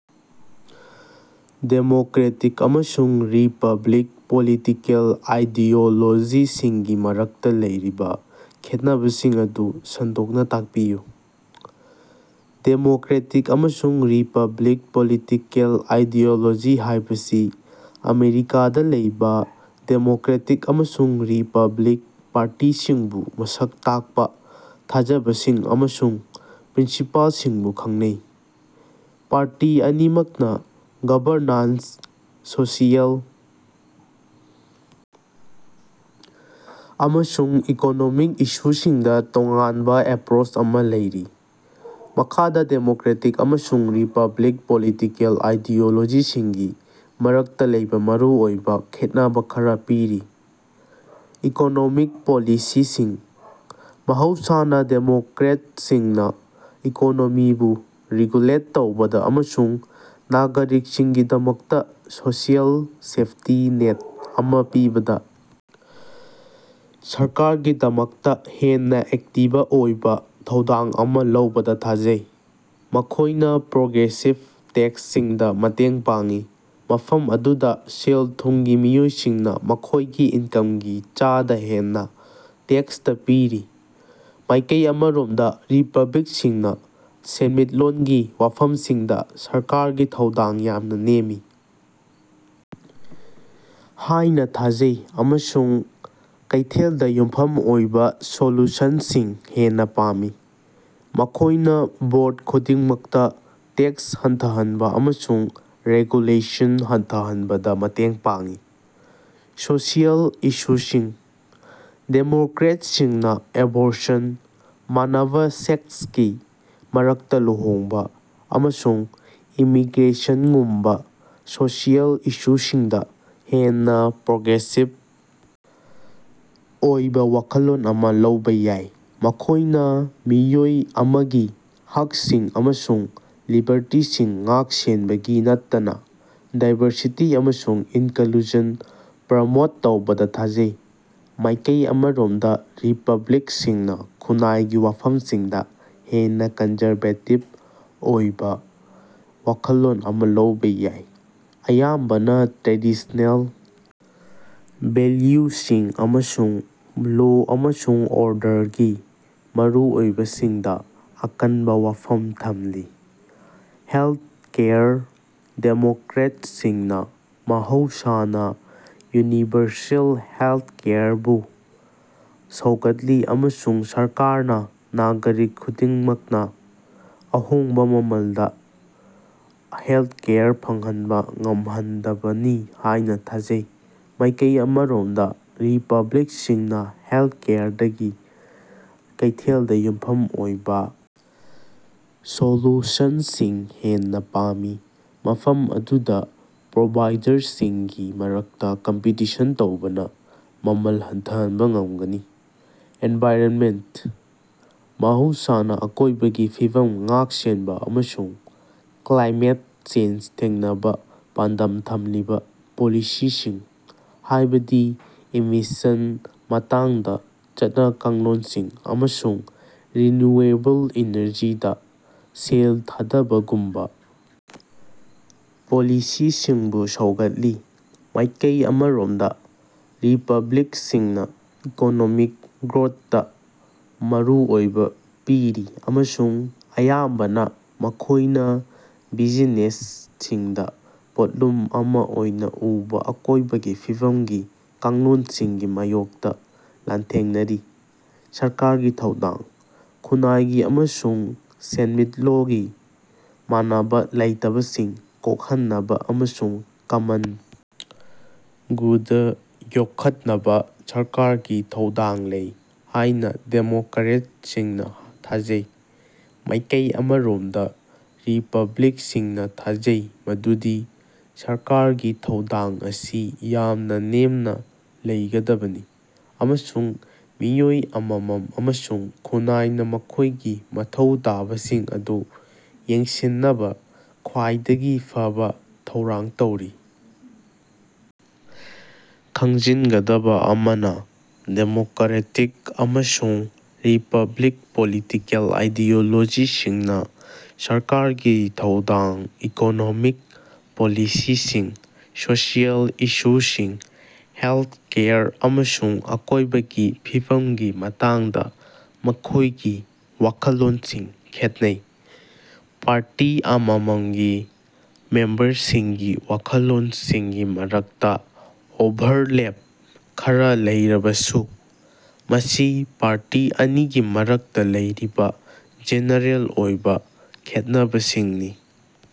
Democratic ꯑꯃꯁꯨꯡ republic political ꯑꯥꯏꯗꯤꯑꯣꯂꯣꯖꯤꯁꯤꯡꯒꯤ ꯃꯔꯛꯇꯥ ꯂꯩꯔꯤꯕꯥ ꯈꯦꯠꯅꯕꯁꯤꯡ ꯑꯗꯨ ꯁꯟꯗꯣꯛꯅꯥ ꯇꯥꯛꯄꯤꯌꯨ꯫ ꯗꯦꯃꯣꯀꯔꯦꯇꯤꯛ ꯑꯃꯁꯨꯡ ꯔꯤꯄꯕ꯭ꯂꯤꯛ ꯄꯣꯂꯤꯇꯤꯀꯦꯜ ꯑꯥꯏꯗꯤꯑꯣꯂꯣꯖꯤ ꯍꯥꯏꯕꯁꯤ ꯑꯃꯦꯔꯤꯀꯥꯗꯥ ꯂꯩꯕꯥ ꯗꯦꯃꯣꯀꯔꯦꯇꯤꯛ ꯑꯃꯁꯨꯡ ꯔꯤꯄꯕ꯭ꯂꯤꯛ ꯄꯥꯔꯇꯤꯁꯤꯡꯕꯨ ꯃꯁꯛ ꯇꯥꯛꯄꯥ ꯊꯥꯖꯕꯁꯤꯡ ꯑꯃꯁꯨꯡ ꯄ꯭ꯔꯤꯟꯁꯤꯄꯥꯜꯁꯤꯡꯕꯨ ꯈꯪꯅꯩ꯫ ꯄꯥꯔꯇꯤ ꯑꯅꯤꯃꯛꯅꯥ ꯒꯕꯔꯅꯥꯟꯁ, ꯁꯣꯁꯤꯑꯦꯜ, ꯑꯃꯁꯨꯡ ꯏꯀꯣꯅꯣꯃꯤꯛ ꯏꯁꯨꯁꯤꯡꯗꯥ ꯇꯣꯉꯥꯟꯕꯥ ꯑꯦꯞꯄꯔꯣꯆ ꯑꯃꯥ ꯂꯩꯔꯤ꯫ ꯃꯈꯥꯗꯥ ꯗꯦꯃꯣꯀꯔꯦꯇꯤꯛ ꯑꯃꯁꯨꯡ ꯔꯤꯄꯕ꯭ꯂꯤꯛ ꯄꯣꯂꯤꯇꯤꯀꯦꯜ ꯑꯥꯏꯗꯤꯑꯣꯂꯣꯖꯤꯁꯤꯡꯒꯤ ꯃꯔꯛꯇꯥ ꯂꯩꯕꯥ ꯃꯔꯨꯑꯣꯏꯕꯥ ꯈꯦꯠꯅꯕꯥ ꯈꯔꯥ ꯄꯤꯔꯤ: ꯏꯀꯣꯅꯣꯃꯤꯛ ꯄꯣꯂꯤꯁꯤꯁꯤꯡ: ꯃꯍꯧꯁꯥꯅꯥ ꯗꯦꯃꯣꯀꯔꯦꯠꯁꯤꯡꯅꯥ ꯏꯀꯣꯅꯣꯃꯤꯕꯨ ꯔꯤꯒꯨꯂꯦꯠ ꯇꯧꯕꯗꯥ ꯑꯃꯁꯨꯡ ꯅꯥꯒꯔꯤꯛꯁꯤꯡꯒꯤꯗꯃꯛꯇꯥ ꯁꯣꯁꯤꯑꯦꯜ ꯁꯦꯐꯇꯤ ꯅꯦꯠ ꯑꯃꯥ ꯄꯤꯕꯗꯥ ꯁꯔꯀꯥꯔꯒꯤꯗꯃꯛꯇꯥ ꯍꯦꯟꯅꯥ ꯑꯦꯛꯇꯤꯕ ꯑꯣꯏꯕꯥ ꯊꯧꯗꯥꯡ ꯑꯃꯥ ꯂꯧꯕꯗꯥ ꯊꯥꯖꯩ꯫ ꯃꯈꯣꯏꯅꯥ ꯄ꯭ꯔꯣꯒ꯭ꯔꯦꯁꯤꯚ ꯇꯦꯛꯁꯁꯤꯡꯗꯥ ꯃꯇꯦꯡ ꯄꯥꯡꯏ, ꯃꯐꯝ ꯑꯗꯨꯗꯥ ꯁꯦꯜ ꯊꯨꯝꯒꯤ ꯃꯤꯑꯣꯏꯁꯤꯡꯅꯥ ꯃꯈꯣꯏꯒꯤ ꯏꯟꯀꯝꯒꯤ ꯆꯥꯗꯥ ꯍꯦꯟꯅꯥ ꯇꯦꯛꯁꯇꯥ ꯄꯤꯔꯤ꯫ ꯃꯥꯏꯀꯩ ꯑꯃꯔꯣꯝꯗꯥ ꯔꯤꯄꯕ꯭ꯂꯤꯛꯁꯤꯡꯅꯥ ꯁꯦꯟꯃꯤꯠꯂꯣꯟꯒꯤ ꯋꯥꯐꯝꯁꯤꯡꯗꯥ ꯁꯔꯀꯥꯔꯒꯤ ꯊꯧꯗꯥꯡ ꯌꯥꯝꯅꯥ ꯅꯦꯝꯃꯤ ꯍꯥꯏꯅꯥ ꯊꯥꯖꯩ ꯑꯃꯁꯨꯡ ꯀꯩꯊꯦꯜꯗꯥ ꯌꯨꯝꯐꯝ ꯑꯣꯏꯕꯥ ꯁꯣꯂꯨꯁꯟꯁꯤꯡ ꯍꯦꯟꯅꯥ ꯄꯥꯝꯃꯤ꯫ ꯃꯈꯣꯏꯅꯥ ꯕꯣꯔꯗ ꯈꯨꯗꯤꯡꯃꯛꯇꯥ ꯇꯦꯛꯁ ꯍꯟꯊꯍꯟꯕꯥ ꯑꯃꯁꯨꯡ ꯔꯦꯒꯨꯂꯦꯁꯟ ꯍꯟꯊꯍꯟꯕꯗꯥ ꯃꯇꯦꯡ ꯄꯥꯡꯏ꯫ ꯁꯣꯁꯤꯑꯦꯜ ꯏꯁꯨꯁꯤꯡ: ꯗꯦꯃꯣꯀ꯭ꯔꯦꯠꯁꯤꯡꯅꯥ ꯑꯦꯕꯣꯔꯁꯟ, ꯃꯥꯟꯅꯕꯥ ꯁꯦꯛꯁꯀꯤ ꯃꯔꯛꯇꯥ ꯂꯨꯍꯣꯡꯕꯥ, ꯑꯃꯁꯨꯡ ꯏꯃꯤꯒ꯭ꯔꯦꯁꯟꯉꯨꯝꯕꯥ ꯁꯣꯁꯤꯑꯦꯜ ꯏꯁꯨꯁꯤꯡꯗꯥ ꯍꯦꯟꯅꯥ ꯄ꯭ꯔꯣꯒ꯭ꯔꯦꯁꯤꯚ ꯑꯣꯏꯕꯥ ꯋꯥꯈꯜꯂꯣꯟ ꯑꯃꯥ ꯂꯧꯕꯥ ꯌꯥꯏ꯫ ꯃꯈꯣꯏꯅꯥ ꯃꯤꯑꯣꯏ ꯑꯃꯒꯤ ꯍꯛꯁꯤꯡ ꯑꯃꯁꯨꯡ ꯂꯤꯕꯔꯇꯤꯁꯤꯡ ꯉꯥꯛ-ꯁꯦꯟꯕꯒꯤ ꯅꯠꯇꯅꯥ ꯗꯥꯏꯕꯔꯁꯤꯇꯤ ꯑꯃꯁꯨꯡ ꯏꯟꯀꯂꯨꯖꯟ ꯄ꯭ꯔꯃꯣꯠ ꯇꯧꯕꯗꯥ ꯊꯥꯖꯩ꯫ ꯃꯥꯏꯀꯩ ꯑꯃꯔꯣꯝꯗꯥ ꯔꯤꯄꯕ꯭ꯂꯤꯛꯁꯤꯡꯅꯥ ꯈꯨꯟꯅꯥꯏꯒꯤ ꯋꯥꯐꯝꯁꯤꯡꯗꯥ ꯍꯦꯟꯅꯥ ꯀꯟꯖꯔꯕꯦꯇꯤꯕ ꯑꯣꯏꯕꯥ ꯋꯥꯈꯜꯂꯣꯟ ꯑꯃꯥ ꯂꯧꯕꯥ ꯌꯥꯏ, ꯑꯌꯥꯝꯕꯅꯥ ꯇ꯭ꯔꯦꯗꯤꯁ꯭ꯅꯦꯜ ꯚꯦꯜꯌꯨꯁꯤꯡ ꯑꯃꯁꯨꯡ ꯂꯣ ꯑꯃꯁꯨꯡ ꯑꯣꯔꯗꯔꯒꯤ ꯃꯔꯨꯑꯣꯏꯕꯁꯤꯡꯗꯥ ꯑꯀꯟꯕꯥ ꯋꯥꯐꯝ ꯊꯝꯂꯤ꯫ ꯍꯦꯜꯊꯀꯦꯌꯔ: ꯗꯦꯃꯣꯀꯔꯦꯠꯁꯤꯡꯅꯥ ꯃꯍꯧꯁꯥꯅꯥ ꯌꯨꯅꯤꯚꯔꯁꯦꯜ ꯍꯦꯜꯊꯀꯦꯌꯔꯕꯨ ꯁꯧꯒꯠꯂꯤ ꯑꯃꯁꯨꯡ ꯁꯔꯀꯥꯔꯅꯥ ꯅꯥꯒꯔꯤꯛ ꯈꯨꯗꯤꯡꯃꯛꯅꯥ ꯑꯍꯣꯡꯕꯥ ꯃꯃꯜꯗꯥ ꯍꯦꯜꯊꯀꯦꯌꯔ ꯐꯪꯍꯟꯕꯥ ꯉꯝꯍꯟꯗꯕꯅꯤ ꯍꯥꯏꯅꯥ ꯊꯥꯖꯩ꯫ ꯃꯥꯏꯀꯩ ꯑꯃꯔꯣꯝꯗꯥ ꯔꯤꯄꯕ꯭ꯂꯤꯛꯁꯤꯡꯅꯥ ꯍꯦꯜꯊꯀꯦꯌꯔꯗꯒꯤ ꯀꯩꯊꯦꯜꯗꯥ ꯌꯨꯝꯐꯝ ꯑꯣꯏꯕꯥ ꯁꯣꯂꯨꯁꯟꯁꯤꯡ ꯍꯦꯟꯅꯥ ꯄꯥꯝꯃꯤ, ꯃꯐꯝ ꯑꯗꯨꯗꯥ ꯄ꯭ꯔꯣꯚꯥꯏꯗꯔꯁꯤꯡꯒꯤ ꯃꯔꯛꯇꯥ ꯀꯝꯄꯤꯇꯤꯁꯟ ꯇꯧꯕꯅꯥ ꯃꯃꯜ ꯍꯟꯊꯍꯟꯕꯥ ꯉꯝꯒꯅꯤ꯫ ꯑꯦꯟꯚꯥꯏꯔꯟꯃꯦꯟꯇ: ꯃꯍꯧꯁꯥꯅꯥ ꯑꯀꯣꯏꯕꯒꯤ ꯐꯤꯕꯝ ꯉꯥꯛ-ꯁꯦꯟꯕꯥ ꯑꯃꯁꯨꯡ ꯀ꯭ꯂꯥꯏꯃꯦꯠ ꯆꯦꯟꯖ ꯊꯦꯡꯅꯕꯥ ꯄꯥꯟꯗꯝ ꯊꯝꯂꯤꯕꯥ ꯄꯣꯂꯤꯁꯤꯁꯤꯡ, ꯍꯥꯏꯕꯗꯤ ꯏꯃꯤꯁꯁꯟ ꯃꯇꯥꯡꯗꯥ ꯆꯠꯅ-ꯀꯥꯡꯂꯣꯟꯁꯤꯡ ꯑꯃꯁꯨꯡ ꯔꯤꯅ꯭ꯌꯨꯑꯦꯕꯜ ꯏꯅꯔꯖꯤꯗꯥ ꯁꯦꯜ ꯊꯥꯗꯕꯒꯨꯝꯕꯥ ꯄꯣꯂꯤꯁꯤꯁꯤꯡꯕꯨ ꯁꯧꯒꯠꯂꯤ꯫ ꯃꯥꯏꯀꯩ ꯑꯃꯔꯣꯝꯗꯥ ꯔꯤꯄꯕ꯭ꯂꯤꯛꯁꯤꯡꯅꯥ ꯏꯀꯣꯅꯣꯃꯤꯛ ꯒ꯭ꯔꯣꯊꯇꯥ ꯃꯔꯨ ꯑꯣꯏꯕꯥ ꯄꯤꯔꯤ ꯑꯃꯁꯨꯡ ꯑꯌꯥꯝꯕꯅꯥ ꯃꯈꯣꯏꯅꯥ ꯕꯤꯖꯤꯅꯦꯁꯁꯤꯡꯗꯥ ꯄꯣꯠꯂꯨꯝ ꯑꯃꯥ ꯑꯣꯏꯅꯥ ꯎꯕꯥ ꯑꯀꯣꯏꯕꯒꯤ ꯐꯤꯕꯝꯒꯤ ꯀꯥꯡꯂꯣꯟꯁꯤꯡꯒꯤ ꯃꯥꯌꯣꯛꯇꯥ ꯂꯥꯟꯊꯦꯡꯅꯔꯤ꯫ ꯁꯔꯀꯥꯔꯒꯤ ꯊꯧꯗꯥꯡ: ꯈꯨꯟꯅꯥꯏꯒꯤ ꯑꯃꯁꯨꯡ ꯁꯦꯟꯃꯤꯠꯂꯣꯒꯤ ꯃꯥꯟꯅꯕꯥ ꯂꯩꯇꯕꯁꯤꯡ ꯀꯣꯛꯍꯟꯅꯕꯥ ꯑꯃꯁꯨꯡ ꯀꯃꯟ ꯒꯨꯗ ꯌꯣꯛꯈꯠꯅꯕꯥ ꯁꯔꯀꯥꯔꯒꯤ ꯊꯧꯗꯥꯡ ꯂꯩ ꯍꯥꯏꯅꯥ ꯗꯦꯃꯣꯀꯔꯦꯠꯁꯤꯡꯅꯥ ꯊꯥꯖꯩ꯫ ꯃꯥꯏꯀꯩ ꯑꯃꯔꯣꯝꯗꯥ ꯔꯤꯄꯕ꯭ꯂꯤꯛꯁꯤꯡꯅꯥ ꯊꯥꯖꯩ ꯃꯗꯨꯗꯤ ꯁꯔꯀꯥꯔꯒꯤ ꯊꯧꯗꯥꯡ ꯑꯁꯤ ꯌꯥꯝꯅꯥ ꯅꯦꯝꯅꯥ ꯂꯩꯒꯗꯕꯅꯤ, ꯑꯃꯁꯨꯡ ꯃꯤꯑꯣꯏ ꯑꯃꯃꯝ ꯑꯃꯁꯨꯡ ꯈꯨꯟꯅꯥꯏꯅꯥ ꯃꯈꯣꯏꯒꯤ ꯃꯊꯧ ꯇꯥꯕꯁꯤꯡ ꯑꯗꯨ ꯌꯦꯡꯁꯤꯟꯅꯕꯥ ꯈ꯭ꯋꯥꯏꯗꯒꯤ ꯐꯕꯥ ꯊꯧꯔꯥꯡ ꯇꯧꯔꯤ꯫ ꯈꯪꯖꯤꯟꯒꯗꯕꯥ ꯑꯃꯅꯥ, ꯗꯦꯃꯣꯀꯔꯦꯇꯤꯛ ꯑꯃꯁꯨꯡ ꯔꯤꯄꯕ꯭ꯂꯤꯛ ꯄꯣꯂꯤꯇꯤꯀꯦꯜ ꯑꯥꯏꯗꯤꯑꯣꯂꯣꯖꯤꯁꯤꯡꯅꯥ ꯁꯔꯀꯥꯔꯒꯤ ꯊꯧꯗꯥꯡ, ꯏꯀꯣꯅꯣꯃꯤꯛ ꯄꯣꯂꯤꯁꯤꯁꯤꯡ, ꯁꯣꯁꯤꯑꯦꯜ ꯏꯁꯨꯁꯤꯡ, ꯍꯦꯜꯊꯀꯦꯌꯔ, ꯑꯃꯁꯨꯡ ꯑꯀꯣꯏꯕꯒꯤ ꯐꯤꯕꯝꯒꯤ ꯃꯇꯥꯡꯗꯥ ꯃꯈꯣꯏꯒꯤ ꯋꯥꯈꯜꯂꯣꯟꯁꯤꯡ ꯈꯦꯠꯅꯩ꯫ ꯄꯥꯔꯇꯤ ꯑꯃꯃꯝꯒꯤ ꯃꯦꯝꯕꯔꯁꯤꯡꯒꯤ ꯋꯥꯈꯜꯂꯣꯟꯁꯤꯡꯒꯤ ꯃꯔꯛꯇꯥ ꯑꯣꯚꯔꯂꯦꯞ ꯈꯔꯥ ꯂꯩꯔꯕꯁꯨ, ꯃꯁꯤ ꯄꯥꯔꯇꯤ ꯑꯅꯤꯒꯤ ꯃꯔꯛꯇꯥ ꯂꯩꯔꯤꯕꯥ ꯖꯦꯅꯔꯦꯜ ꯑꯣꯏꯕꯥ ꯈꯦꯠꯅꯕꯁꯤꯡꯅꯤ꯫